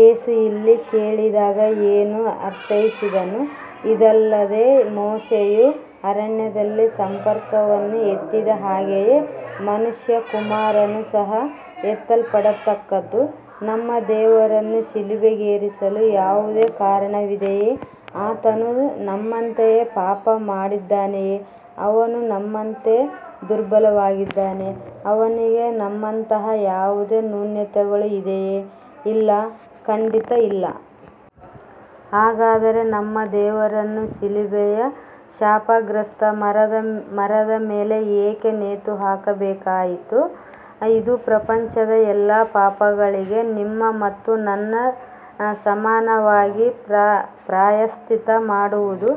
ಯೇಸು ಇಲ್ಲಿ ಹೇಳಿದಾಗ ಏನು ಅರ್ಥೈಸಿದನು, "ಇದಲ್ಲದೆ ಮೋಶೆಯು ಅರಣ್ಯದಲ್ಲಿ ಸರ್ಪವನ್ನು ಎತ್ತಿದ ಹಾಗೆಯೇ ಮನುಷ್ಯ ಕುಮಾರನು ಸಹ ಎತ್ತಲ್ಪಡತಕ್ಕದ್ದು" ನಮ್ಮ ದೇವರನ್ನು ಶಿಲುಬೆಗೇರಿಸಲು ಯಾವುದೇ ಕಾರಣವಿದೆಯೇ ಆತನು ನಮ್ಮಂತೆ ಪಾಪ ಮಾಡಿದ್ದಾನೆಯೇ? ಅವನು ನಮ್ಮಂತೆ ದುರ್ಬಲನಾಗಿದ್ದನೇ? ಅವನಿಗೆ ನಮ್ಮಂತಹ ಯಾವುದೇ ನ್ಯೂನತೆಗಳು ಇದೆಯೇ? ಇಲ್ಲ ಖಂಡಿತ ಇಲ್ಲ. ಹಾಗಾದರೆ ನಮ್ಮ ದೇವರನ್ನು ಶಿಲುಬೆಯ ಶಾಪಗ್ರಸ್ತ ಮರದ ಮೇಲೆ ಏಕೆ ನೇತುಹಾಕಬೇಕಾಯಿತು? ಇದು ಪ್ರಪಂಚದ ಎಲ್ಲಾ ಪಾಪಗಳಿಗೆ, ನಿಮ್ಮ ಮತ್ತು ನನ್ನ ಸಮಾನವಾಗಿ ಪ್ರಾಯಶ್ಚಿತ್ತ ಮಾಡುವುದು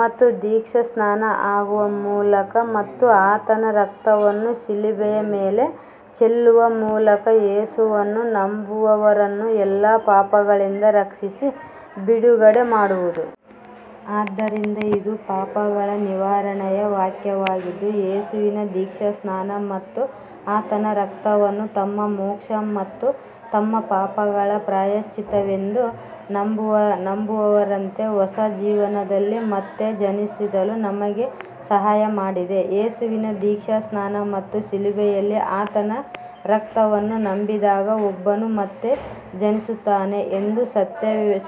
ಮತ್ತು ದೀಕ್ಷಾಸ್ನಾನ ಆಗುವ ಮೂಲಕ ಮತ್ತು ಆತನ ರಕ್ತವನ್ನು ಶಿಲುಬೆಯ ಮೇಲೆ ಚೆಲ್ಲುವ ಮೂಲಕ ಯೇಸುವನ್ನು ನಂಬುವವರನ್ನು ಎಲ್ಲ ಪಾಪಗಳಿಂದ ರಕ್ಷಿಸಿ ಬಿಡುಗಡೆ ಮಾಡುವುದು. ಆದ್ದರಿಂದ ಇದು ಪಾಪಗಳ ನಿವಾರಣೆಯ ವಾಕ್ಯವಾಗಿದ್ದು, ಯೇಸುವಿನ ದೀಕ್ಷಾಸ್ನಾನ ಮತ್ತು ಆತನ ರಕ್ತವನ್ನು ನಮ್ಮ ಮೋಕ್ಷ ಮತ್ತು ನಮ್ಮ ಪಾಪಗಳ ಪ್ರಾಯಶ್ಚಿತ್ತವೆಂದು ನಂಬುವವರಂತೆ ಹೊಸ ಜೀವನದಲ್ಲಿ ಮತ್ತೆ ಜನಿಸಲು ನಮಗೆ ಸಹಾಯ ಮಾಡಿದೆ. ಯೇಸುವಿನ ದೀಕ್ಷಾಸ್ನಾನ ಮತ್ತು ಶಿಲುಬೆಯಲ್ಲಿ ಆತನ ರಕ್ತವನ್ನು ನಂಬಿದಾಗ ಒಬ್ಬನು ಮತ್ತೆ ಜನಿಸುತ್ತಾನೆ ಎಂದು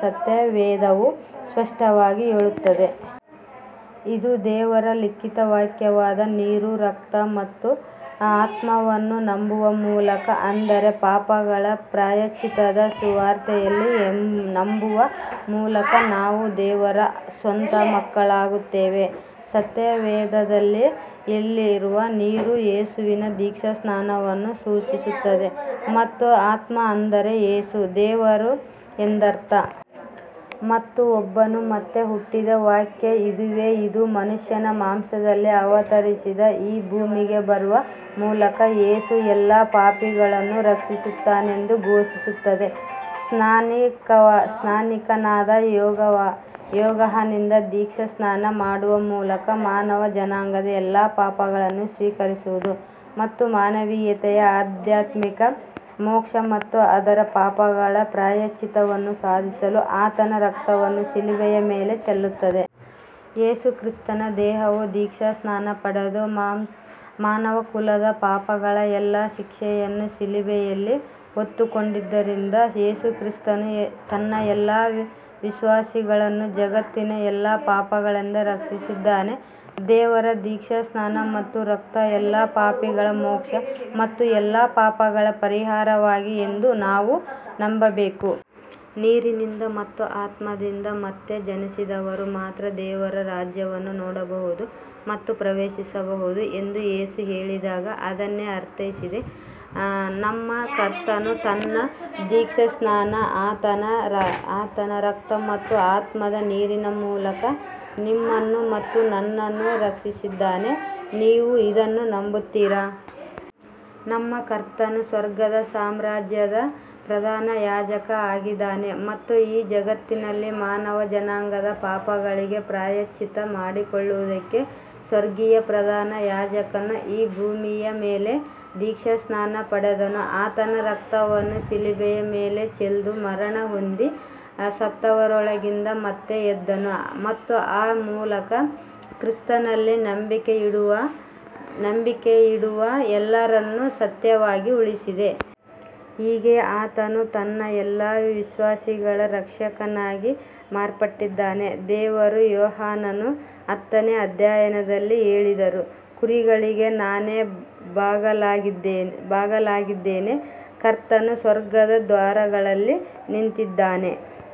ಸತ್ಯವೇದವು ಸ್ಪಷ್ಟವಾಗಿ ಹೇಳುತ್ತದೆ. ಇದು ದೇವರ ಲಿಖಿತ ವಾಕ್ಯವಾದ ನೀರು, ರಕ್ತ ಮತ್ತು ಆತ್ಮವನ್ನು ನಂಬುವ ಮೂಲಕ ಅಂದರೆ, ಪಾಪಗಳ ಪ್ರಾಯಶ್ಚಿತ್ತದ ಸುವಾರ್ತೆಯಲ್ಲಿ ನಂಬುವ ಮೂಲಕ ನಾವು ದೇವರ ಸ್ವಂತ ಮಕ್ಕಳಾಗುತ್ತೇವೆ. ಸತ್ಯವೇದದಲ್ಲಿ, ಇಲ್ಲಿರುವ ನೀರು ಯೇಸುವಿನ ದೀಕ್ಷಾಸ್ನಾನವನ್ನು ಸೂಚಿಸುತ್ತದೆ ಮತ್ತು ಆತ್ಮ ಅಂದರೆ ಯೇಸು ದೇವರು ಎಂದು ಅರ್ಥ, ಮತ್ತು ಒಬ್ಬನು ಮತ್ತೆ ಹುಟ್ಟಿದ ವಾಕ್ಯ ಇದುವೇ, ಇದು ಮನುಷ್ಯನ ಮಾಂಸದಲ್ಲಿ ಅವತರಿಸಿದ ಈ ಭೂಮಿಗೆ ಬರುವ ಮೂಲಕ ಯೇಸು ಎಲ್ಲಾ ಪಾಪಿಗಳನ್ನು ರಕ್ಷಿಸಿದ್ದಾನೆಂದು ಘೋಷಿಸುತ್ತದೆ, ಸ್ನಾನಿಕನಾದ ಯೋಹಾನನಿಂದ ದೀಕ್ಷಾಸ್ನಾನ ಮಾಡುವ ಮೂಲಕ ಮಾನವ ಜನಾಂಗದ ಎಲ್ಲಾ ಪಾಪಗಳನ್ನು ಸ್ವೀಕರಿಸುವುದು, ಮತ್ತು ಮಾನವೀಯತೆಯ ಆಧ್ಯಾತ್ಮಿಕ ಮೋಕ್ಷ ಮತ್ತು ಅದರ ಪಾಪಗಳ ಪ್ರಾಯಶ್ಚಿತ್ತವನ್ನು ಸಾಧಿಸಲು ಆತನ ರಕ್ತವನ್ನು ಶಿಲುಬೆಯ ಮೇಲೆ ಚೆಲ್ಲುತ್ತದೆ. ಯೇಸುಕ್ರಿಸ್ತನ ದೇಹವು ದೀಕ್ಷಾಸ್ನಾನ ಪಡೆದು ಮಾನವಕುಲದ ಪಾಪಗಳ ಎಲ್ಲಾ ಶಿಕ್ಷೆಯನ್ನು ಶಿಲುಬೆಯಲ್ಲಿ ಹೊತ್ತುಕೊಂಡಿದ್ದರಿಂದ, ಯೇಸು ಕ್ರಿಸ್ತನು ತನ್ನ ಎಲ್ಲ ವಿಶ್ವಾಸಿಗಳನ್ನು ಜಗತ್ತಿನ ಎಲ್ಲಾ ಪಾಪಗಳಿಂದ ರಕ್ಷಿಸಿದ್ದಾನೆ. ದೇವರ ದೀಕ್ಷಾಸ್ನಾನ ಮತ್ತು ರಕ್ತವು ಎಲ್ಲಾ ಪಾಪಿಗಳ ಮೋಕ್ಷ ಮತ್ತು ಎಲ್ಲಾ ಪಾಪಗಳ ಪರಿಹಾರವಾಗಿದೆ ಎಂದು ನಾವು ನಂಬಬೇಕು. ನೀರಿನಿಂದ ಮತ್ತು ಆತ್ಮದಿಂದ ಮತ್ತೆ ಜನಿಸಿದವರು ಮಾತ್ರ ದೇವರ ರಾಜ್ಯವನ್ನು ನೋಡಬಹುದು ಮತ್ತು ಪ್ರವೇಶಿಸಬಹುದು ಎಂದು ಯೇಸು ಹೇಳಿದಾಗ ಅದನ್ನೇ ಅರ್ಥೈಸಿದೆ. ನಮ್ಮ ಕರ್ತನು ತನ್ನ ದೀಕ್ಷಾಸ್ನಾನ, ಆತನ ರಕ್ತ ಮತ್ತು ಆತ್ಮದ ನೀರಿನ ಮೂಲಕ ನಿಮ್ಮನ್ನು ಮತ್ತು ನನ್ನನ್ನು ರಕ್ಷಿಸಿದ್ದಾನೆ. ನೀವು ಇದನ್ನು ನಂಬುತ್ತೀರಾ? ನಮ್ಮ ಕರ್ತನು "ಸ್ವರ್ಗದ ಸಾಮ್ರಾಜ್ಯದ ಪ್ರಧಾನ ಯಾಜಕ" ಆಗಿದಾನೆ ಮತ್ತು ಈ ಜಗತ್ತಿನಲ್ಲಿ ಮಾನವ ಜನಾಂಗದ ಪಾಪಗಳಿಗೆ ಪ್ರಾಯಶ್ಚಿತ್ತ ಮಾಡಿಕೊಳ್ಳುವುದಕ್ಕೆ, ಸ್ವರ್ಗೀಯ ಪ್ರಧಾನ ಯಾಜಕನು ಈ ಭೂಮಿಯ ಮೇಲೆ ದೀಕ್ಷಾಸ್ನಾನ ಪಡೆದನು, ಆತನ ರಕ್ತವನ್ನು ಶಿಲುಬೆಯ ಮೇಲೆ ಚೆಲ್ದು ಮರಣ ಹೊಂದಿ, ಸತ್ತವರೊಳಗಿಂದ ಮತ್ತೆ ಎದ್ದನು, ಮತ್ತು ಆ ಮೂಲಕ ಕ್ರಿಸ್ತನಲ್ಲಿ ನಂಬಿಕೆಯಿಡುವ ಎಲ್ಲರನ್ನು ಸತ್ಯವಾಗಿ ಉಳಿಸಿದೆ. ಹೀಗೆ ಆತನು ತನ್ನ ಎಲ್ಲ ವಿಶ್ವಾಸಿಗಳ ರಕ್ಷಕನಾಗಿ ಮಾರ್ಪಟ್ಟಿದ್ದಾನೆ. ದೇವರು ಯೋಹಾನನು ಹತ್ತನೇ ಅಧ್ಯಾಯದಲ್ಲಿ ಹೇಳಿದರು, "ಕುರಿಗಳಿಗೆ ನಾನೇ ಬಾಗಲಾಗಿದ್ದೇನೆ. " ಕರ್ತನು ಸ್ವರ್ಗದ ದ್ವಾರಗಳಲ್ಲಿ ನಿಂತಿದ್ದಾನೆ.